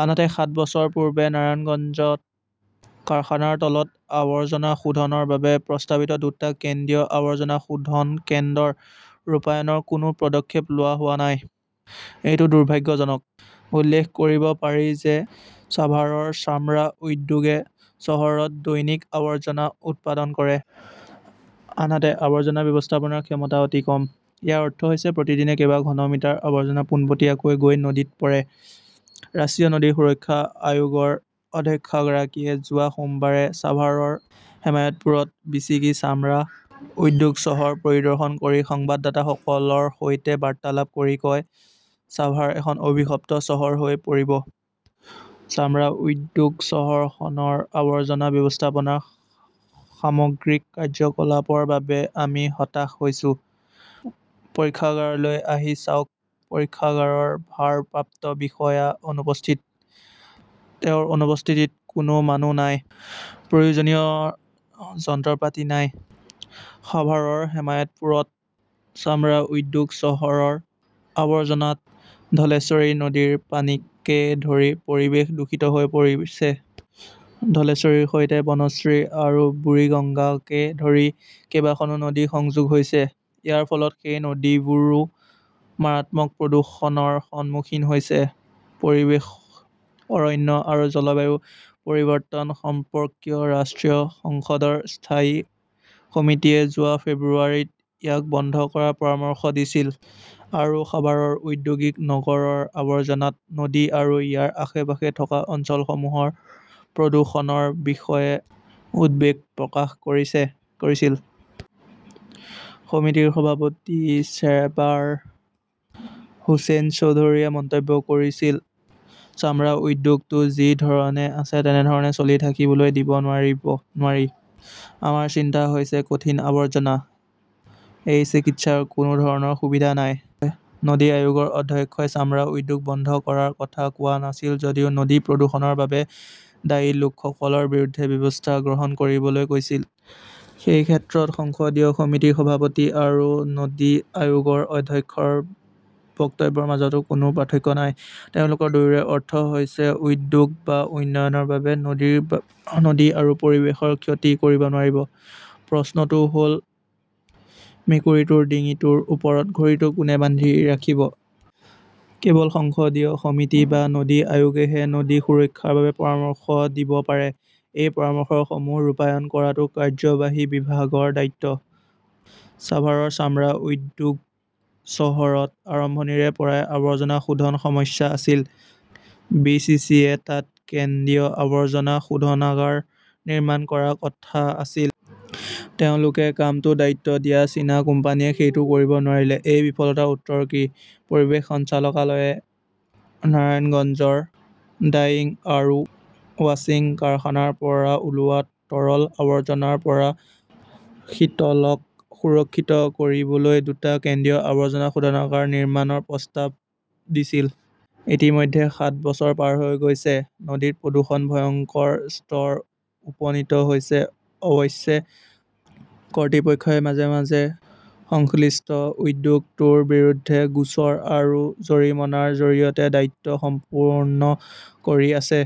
আনহাতে, সাত বছৰ পূৰ্বে নাৰায়ণগঞ্জত কাৰখানাৰ তৰল আৱৰ্জনা শোধনৰ বাবে প্ৰস্তাৱিত দুটা কেন্দ্ৰীয় আৱৰ্জনা শোধন কেন্দ্ৰৰ ৰূপায়ণৰ কোনো পদক্ষেপ লোৱা হোৱা নাই। এইটো দুৰ্ভাগ্যজনক। উল্লেখ কৰিব পাৰি যে চাভাৰৰ চামৰা উদ্যোগে চহৰত দৈনিকআৱৰ্জনা উৎপাদন কৰে। আনহাতে, আৱৰ্জনা ব্যৱস্থাপনাৰ ক্ষমতা কম। ইয়াৰ অৰ্থ হৈছে প্ৰতিদিনে কেইবা ঘন মিটাৰ আৱৰ্জনা পোনপটীয়াকৈ গৈ নদীত পৰে। ৰাষ্ট্ৰীয় নদী সুৰক্ষা আয়োগৰ অধ্যক্ষগৰাকীয়ে যোৱা সোমবাৰে ছাভাৰৰ হেমায়তপুৰত বিচিক চামৰা উদ্যোগ চহৰ পৰিদৰ্শন কৰি সংবাদদাতাসকলৰ সৈতে বাৰ্তালাপ কৰি কয়, ছাভাৰ এখন অভিশপ্ত চহৰ হৈ পৰিব। চামৰা উদ্যোগ চহৰখনৰ আৱৰ্জনা ব্যৱস্থাপনাৰ সামগ্ৰিক কাৰ্যকলাপৰ বাবে আমি হতাশ হৈছো। পৰীক্ষাগাৰলৈ আহি চাওক, পৰীক্ষাগাৰৰ ভাৰপ্ৰাপ্ত বিষয়া অনুপস্থিত। তেওঁৰ অনুপস্থিতিত কোনো মানুহ নাই। প্ৰয়োজনীয় যন্ত্ৰপাতি নাই। সাভাৰৰ হেমায়তপুৰত চামৰা উদ্যোগ চহৰৰ আৱৰ্জনাত ধলেশ্বৰী নদীৰ পানীকে ধৰি পৰিৱেশ দূষিত হৈ পৰিছে। ধলেশ্বৰীৰ সৈতে বনশী আৰু বুৰিগংগাকে ধৰি কেইবাখনো নদীৰ সংযোগ আছে। ইয়াৰ ফলত সেই নদীবোৰো মাৰাত্মক প্ৰদূষণৰ সন্মুখীন হৈছে। পৰিৱেশ, অৰণ্য আৰু জলবায়ু পৰিৱৰ্তন সম্পৰ্কীয় ৰাষ্ট্ৰীয় সংসদৰ স্থায়ী সমিতিয়ে যোৱা ফেব্ৰুৱাৰীত ইয়াক বন্ধ কৰাৰ পৰামৰ্শ দিছিল আৰু সাভাৰৰ ঔদ্যোগিক নগৰৰ আৱৰ্জনাত নদী আৰু ইয়াৰ আশে-পাশে থকা অঞ্চলসমূহৰ প্ৰদূষণৰ বিষয়ে উদ্বেগ প্ৰকাশ কৰিছিল। সমিতিৰ সভাপতি চেবাৰ হোসেন চৌধুৰীয়ে মন্তব্য কৰিছিল, চামৰা উদ্যোগটো যি ধৰণে আছে তেনে ধৰণে চলি থাকিবলৈ দিব নোৱাৰি। আমাৰ চিন্তা হৈছে কঠিন আৱৰ্জনা। এই চিকিৎসাৰ কোনো ধৰণৰ সুবিধা নাই। নদী আয়োগৰ অধ্যক্ষই চামৰা উদ্যোগ বন্ধ কৰাৰ কথা কোৱা নাছিল যদিও নদী প্ৰদূষণৰ বাবে দায়ী লোকসকলৰ বিৰুদ্ধে ব্যৱস্থা গ্ৰহণ কৰিবলৈ কৈছিল। সেই ক্ষেত্ৰত সংসদীয় সমিতিৰ সভাপতি আৰু নদী আয়োগৰ অধ্যক্ষৰ বক্তব্যৰ মাজত কোনো পাৰ্থক্য নাই। তেওঁলোক দুয়োৰে অৰ্থ হৈছে উদ্যোগ বা উন্নয়নৰ বাবে নদী আৰু পৰিৱেশৰ ক্ষতি কৰিব নোৱাৰি। প্ৰশ্নটো হ'ল মেকুৰীটোৰ ডিঙিৰ ওপৰত ঘড়ীটো কোনে বান্ধি ৰাখিব? কেৱল সংসদীয় সমিতি বা নদী আয়োগেহে নদী সুৰক্ষাৰ বাবে পৰামৰ্শ দিব পাৰে। এই পৰামৰ্শসমূহ ৰূপায়ণ কৰাটো কাৰ্যবাহী বিভাগৰ দায়িত্ব। ছাভাৰৰ চামৰা উদ্যোগ চহৰত আৰম্ভণিৰে পৰাই আৱৰ্জনা শোধনৰ সমস্যা আছিল। বি. চি. চি. -য়ে তাত কেন্দ্ৰীয় আৱৰ্জনা শোধনাগাৰ নিৰ্মাণ কৰাৰ কথা আছিল। তেওঁলোকে কামটোৰ দায়িত্ব দিয়া চীনা কোম্পানীয়ে সেইটো কৰিব নোৱাৰিলে। এই বিফলতাৰ উত্তৰ কি? পৰিৱেশ সঞ্চালকালয়ে নাৰায়ণগঞ্জৰ ডাইং আৰু ৱাশ্বিং কাৰখানাৰ পৰা ওলোৱা তৰল আৱৰ্জনাৰ পৰা শীতলক সুৰক্ষিত কৰিবলৈ দুটা কেন্দ্ৰীয় আৱৰ্জনা শোধনাগাৰ নিৰ্মাণৰ প্ৰস্তাৱ দিছিল। ইতিমধ্যে সাত বছৰ পাৰ হৈ গৈছে। নদীৰ প্ৰদূষণ ভয়ংকৰ স্তৰত উপনীত হৈছে। অৱশ্যে, কৰ্তৃপক্ষই মাজে মাজে সংশ্লিষ্ট উদ্যোগটোৰ বিৰুদ্ধে গোচৰ আৰু জৰিমনাৰ জৰিয়তে দায়িত্ব সম্পূৰ্ণ কৰি আছে।